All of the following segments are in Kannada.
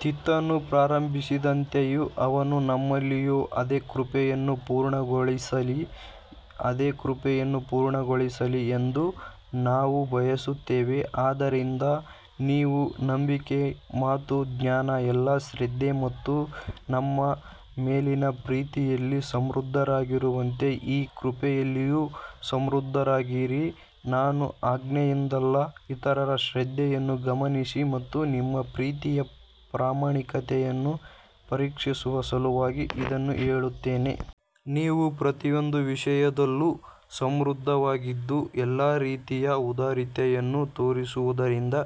ತೀತನು ಪ್ರಾರಂಭಿಸಿದಂತೆಯೇ ಅವನು ನಿಮ್ಮಲ್ಲಿಯೂ ಅದೇ ಕೃಪೆಯನ್ನು ಪೂರ್ಣಗೊಳಿಸಲಿ ಅದೇ ಕೃಪೆಯನ್ನು ಪೂರ್ಣಗೊಳಿಸಲಿ ಎಂದು ನಾವು ಬಯಸುತ್ತೇವೆ. ಆದ್ದರಿಂದ ನೀವು ನಂಬಿಕೆ, ಮಾತು, ಜ್ಞಾನ, ಎಲ್ಲಾ ಶ್ರದ್ಧೆ ಮತ್ತು ನಮ್ಮ ಮೇಲಿನ ಪ್ರೀತಿಯಲ್ಲಿ ಸಮೃದ್ಧರಾಗಿರುವಂತೆ ಈ ಕೃಪೆಯಲ್ಲಿಯೂ ಸಮೃದ್ಧರಾಗಿರಿ. ನಾನು ಆಜ್ಞೆಯಿಂದಲ್ಲ, ಇತರರ ಶ್ರದ್ಧೆಯನ್ನು ಗಮನಿಸಿ ಮತ್ತು ನಿಮ್ಮ ಪ್ರೀತಿಯ ಪ್ರಾಮಾಣಿಕತೆಯನ್ನು ಪರೀಕ್ಷಿಸುವ ಸಲುವಾಗಿ ಇದನ್ನು ಹೇಳುತ್ತೇನೆ. ನೀವು ಪ್ರತಿಯೊಂದು ವಿಷಯದಲ್ಲಿಯೂ ಸಮೃದ್ಧರಾಗಿದ್ದು, ಎಲ್ಲಾ ರೀತಿಯ ಉದಾರತೆಯನ್ನು ತೋರಿಸುವುದರಿಂದ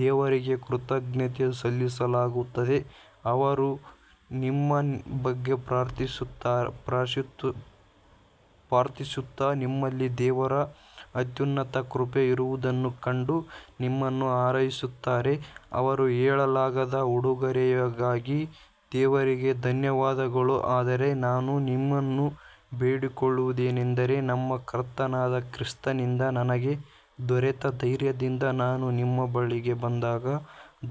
ದೇವರಿಗೆ ಕೃತಜ್ಞತೆ ಸಲ್ಲಿಸಲಾಗುತ್ತದೆ. ಅವರು ನಿಮ್ಮ ಬಗ್ಗೆ ಪ್ರಾರ್ಥಿಸುತ್ತಾ, ನಿಮ್ಮಲ್ಲಿ ದೇವರ ಅತ್ಯುನ್ನತ ಕೃಪೆ ಇರುವುದನ್ನು ಕಂಡು ನಿಮ್ಮನ್ನು ಹಾರೈಸುತ್ತಾರೆ. ಅವರ ಹೇಳಲಾಗದ ಉಡುಗೊರೆಯಿಗಾಗಿ ದೇವರಿಗೆ ಧನ್ಯವಾದಗಳು. ಆದರೆ ನಾನು ನಿಮ್ಮನ್ನು ಬೇಡಿಕೊಳ್ಳುವುದೇನೆಂದರೆ, ನಮ್ಮ ಕರ್ತನಾದ ಕ್ರಿಸ್ತನಿಂದ ನನಗೆ ದೊರೆತ ಧೈರ್ಯದಿಂದ ನಾನು ನಿಮ್ಮ ಬಳಿಗೆ ಬಂದಾಗ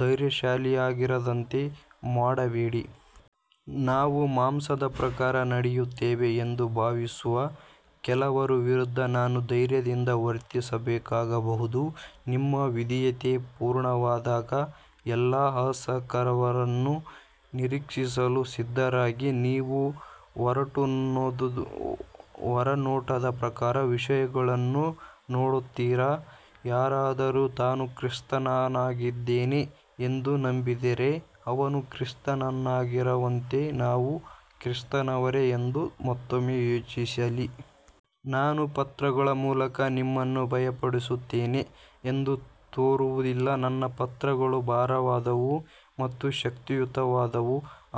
ಧೈರ್ಯಶಾಲಿಯಾಗಿರದಂತೆ ಮಾಡಬೇಡಿ. ನಾವು ಮಾಂಸದ ಪ್ರಕಾರ ನಡೆಯುತ್ತೇವೆ ಎಂದು ಭಾವಿಸುವ ಕೆಲವರ ವಿರುದ್ಧ ನಾನು ಧೈರ್ಯದಿಂದ ವರ್ತಿಸಬೇಕಾಗಬಹುದು. ನಿಮ್ಮ ವಿಧೇಯತೆ ಪೂರ್ಣವಾದಾಗ, ಎಲ್ಲಾ ಅಸಹಕಾರವನ್ನು ಶಿಕ್ಷಿಸಲು ಸಿದ್ಧರಾಗಿರಿ. ನೀವು ಹೊರನೋಟದ ಪ್ರಕಾರ ವಿಷಯಗಳನ್ನು ನೋಡುತ್ತೀರಾ. ಯಾರಾದರೂ ತಾನು ಕ್ರಿಸ್ತನವನಾಗಿದ್ದೇನೆ ಎಂದು ನಂಬಿದರೆ, ಅವನು ಕ್ರಿಸ್ತನವನಾಗಿರುವಂತೆ ನಾವೂ ಕ್ರಿಸ್ತನವರೇ ಎಂದು ಮತ್ತೊಮ್ಮೆ ಯೋಚಿಸಲಿ. ನಾನು ಪತ್ರಗಳ ಮೂಲಕ ನಿಮ್ಮನ್ನು ಭಯಪಡಿಸುತ್ತಿದ್ದೇನೆ ಎಂದು ತೋರುವುದಿಲ್ಲ. ನನ್ನ ಪತ್ರಗಳು ಭಾರವಾದವು ಮತ್ತು ಶಕ್ತಿಯುತವಾದವು,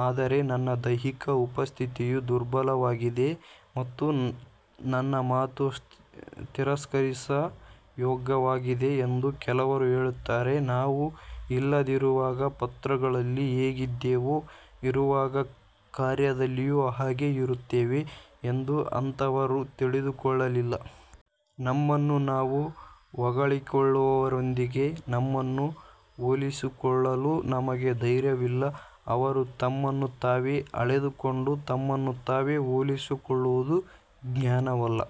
ಆದರೆ ನನ್ನ ದೈಹಿಕ ಉಪಸ್ಥಿತಿಯು ದುರ್ಬಲವಾಗಿದೆ ಮತ್ತು ನನ್ನ ಮಾತು ತಿರಸ್ಕಾರಯೋಗ್ಯವಾಗಿದೆ ಎಂದು ಕೆಲವರು ಹೇಳುತ್ತಾರೆ. ನಾವು ಇಲ್ಲದಿರುವಾಗ ಪತ್ರಗಳಲ್ಲಿ ಹೇಗಿದ್ದೇವೋ, ಇರುವಾಗ ಕಾರ್ಯದಲ್ಲಿಯೂ ಹಾಗೆಯೇ ಇರುತ್ತೇವೆ ಎಂದು ಅಂತಹವರು ತಿಳಿದುಕೊಳ್ಳಲಿ. ನಮ್ಮನ್ನು ನಾವು ಹೊಗಳಿಕೊಳ್ಳುವವರೊಂದಿಗೆ ನಮ್ಮನ್ನು ಹೋಲಿಸಿಕೊಳ್ಳಲು ನಮಗೆ ಧೈರ್ಯವಿಲ್ಲ. ಅವರು ತಮ್ಮನ್ನು ತಾವೇ ಅಳೆದುಕೊಂಡು ತಮ್ಮನ್ನು ತಾವೇ ಹೋಲಿಸಿಕೊಳ್ಳುವುದು ಜ್ಞಾನವಲ್ಲ.